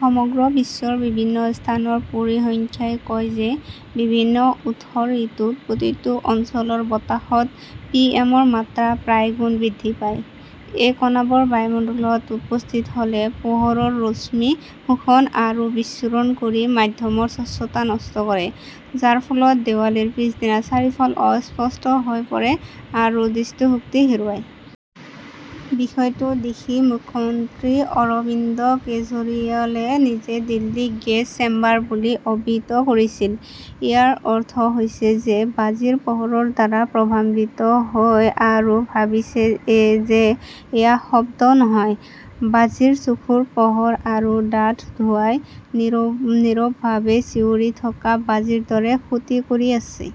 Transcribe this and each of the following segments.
সমগ্ৰ বিশ্বৰ বিভিন্ন স্থানৰ পৰিসংখ্যাই কয় যে বিভিন্ন উৎসৰ ঋতুত প্ৰতিটো অঞ্চলৰ বতাহত পিএমৰ মাত্ৰা প্ৰায় গুণ বৃদ্ধি পায়। এই কণাবোৰে বায়ুমণ্ডলত উপস্থিত হ'লে পোহৰৰ ৰশ্মি শোষণ আৰু বিচ্ছুৰণ কৰি মাধ্যমৰ স্বচ্ছতা নষ্ট কৰে, যাৰ ফলত দেৱালীৰ পিছদিনা চাৰিওফাল অস্পষ্ট হৈ পৰে আৰু দৃষ্টিশক্তি হেৰুৱায়। বিষয়টো দেখি মুখ্যমন্ত্ৰী অৰবিন্দ কেজৰিৱালে নিজেই দিল্লীক গেছ-চেম্বাৰ বুলি অভিহিত কৰিছিল। ইয়াৰ অৰ্থ হৈছে যে বাজিৰ পোহৰৰ দ্বাৰা প্ৰভাম্বিত হৈ আৰু ভাবিছে যে এয়া শব্দ নহয়। বাজিৰ চকুৰ পোহৰ আৰু ডাঠ ধোঁৱাই নীৰৱভাৱে চিঞৰি থকা বাজিৰ দৰে ক্ষতি কৰি আছে।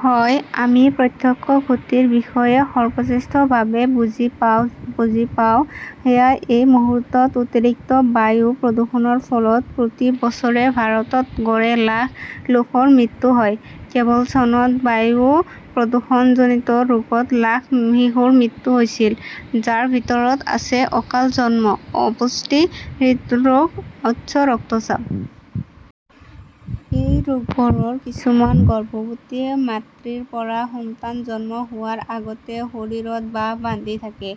হয়, আমি প্ৰত্যক্ষ ক্ষতিৰ বিষয়ে সৰ্বশ্ৰেষ্ঠভাৱে বুজি পাওঁ। সেয়েহে এই মুহূৰ্তত অতিৰিক্ত বায়ু প্ৰদূষণৰ ফলত প্ৰতি বছৰে ভাৰতত গড়ে লাখ লোকৰ মৃত্যু হয়। কেৱল চনত বায়ু প্ৰদূষণজনিত ৰোগত লাখ শিশুৰ মৃত্যু হৈছিল। যাৰ ভিতৰত আছে অকাল জন্ম, অপুষ্টি, হৃদৰোগ, উচ্চ ৰক্তচাপ -- এই ৰোগবোৰৰ কিছুমান গৰ্ভৱতীয়ে মাতৃৰ পৰা সন্তান জন্ম হোৱাৰ আগতেই শৰীৰত বাস বান্ধি থাকে।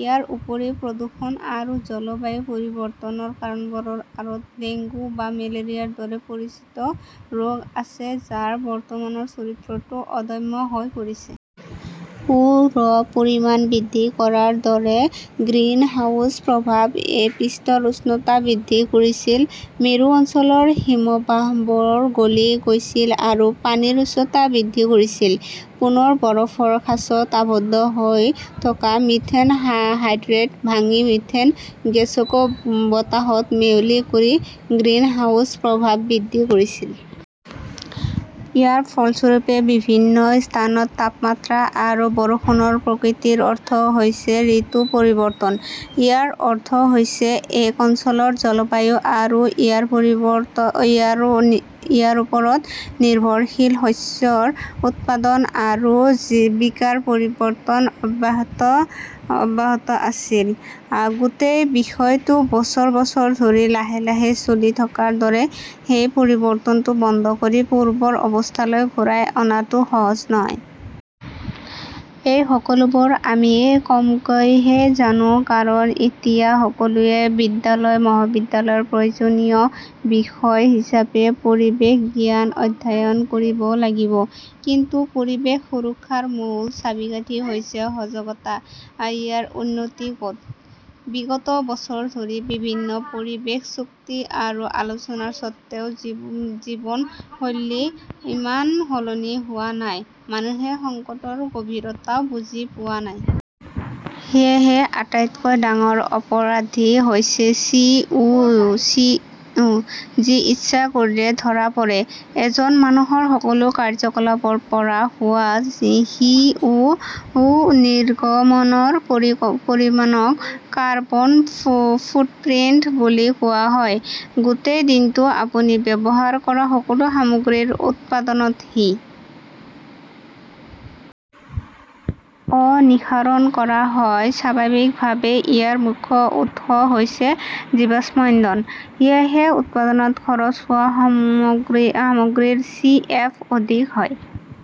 ইয়াৰ উপৰিও, প্ৰদূষণ আৰু জলবায়ু পৰিৱৰ্তনৰ কাৰণবোৰৰ আঁৰত ডেংগু বা মেলেৰিয়াৰ দৰে পৰিচিত ৰোগ আছে যাৰ বৰ্তমানৰ চৰিত্ৰটো অদম্য হৈ পৰিছে। ও.ৰ পৰিমাণ বৃদ্ধি কৰাৰ দৰে। গ্ৰীণহাউছ প্ৰভাৱে পৃষ্ঠৰ উষ্ণতা বৃদ্ধি কৰিছিল। মেৰু অঞ্চলৰ হিমবাহবোৰ গলি গৈছিল আৰু পানীৰ উচ্চতা বৃদ্ধি কৰিছিল। পুনৰ বৰফৰ খাঁচাত আবদ্ধ হৈ থকা মিথেন হাইড্ৰেট ভাঙি মিথেন গেছকো বতাহত মিহলি কৰি গ্ৰীণহাউছ প্ৰভাৱ বৃদ্ধি কৰিছিল। ইয়াৰ ফলস্বৰূপে বিভিন্ন স্থানত তাপমাত্ৰা আৰু বৰষুণৰ প্ৰকৃতিৰ অৰ্থ হৈছে ঋতু-পৰিৱৰ্তন। ইয়াৰ অৰ্থ হৈছে এক অঞ্চলৰ জলবায়ু আৰু ইয়াৰ ওপৰত নিৰ্ভৰশীল শস্যৰ উৎপাদন আৰু জীৱিকাৰ পৰিৱৰ্তন অব্যাহত আছিল। গোটেই বিষয়টো বছৰ বছৰ ধৰি লাহে লাহে চলি থকাৰ দৰে, সেই পৰিৱৰ্তনটো বন্ধ কৰি পূৰ্বৰ অৱস্থালৈ ঘূৰাই অনাটো সহজ নহয়। এই সকলোবোৰ আমি কমকৈহে জানো কাৰণ এতিয়া সকলোৱে বিদ্যালয়, মহাবিদ্যালয়ৰ প্ৰয়োজনীয় বিষয় হিচাপে পৰিৱেশ জ্ঞান অধ্যয়ন কৰিব লাগিব। কিন্তু পৰিৱেশ সুৰক্ষাৰ মূল চাবিকাঠি হৈছে সজাগতা, ইয়াৰ উন্নতি ক'ত? বিগত বছৰ ধৰি বিভিন্ন পৰিৱেশ চুক্তি আৰু আলোচনাৰ স্বত্বেও, জীৱনশৈলী ইমান সলনি হোৱা নাই। মানুহে সংকটৰ গভীৰতাও বুজি পোৱা নাই। সেয়েহে আটাইতকৈ ডাঙৰ অপৰাধী হৈছে চি. ও. যি ইচ্ছা কৰিলে ধৰা পৰে। এজন মানুহৰ সকলো কাৰ্যকলাপৰ পৰা হোৱা সি. ও. নিৰ্গমনৰ পৰিমানক 'কাৰ্বন ফুটপ্ৰিন্ট' বুলি কোৱা হয়। গোটেই দিনটো আপুনি ব্যৱহাৰ কৰা সকলো সামগ্ৰীৰ উৎপাদনত সি. অ' নিঃসৰণ কৰা হয়। স্বাভাৱিকভাৱেই ইয়াৰ মুখ্য উৎস হৈছে জীৱাশ্ম ইন্ধন। সেয়েহে উৎপাদনত খৰচ হোৱা সামগ্ৰীৰ চি. এফ. অধিক হয়।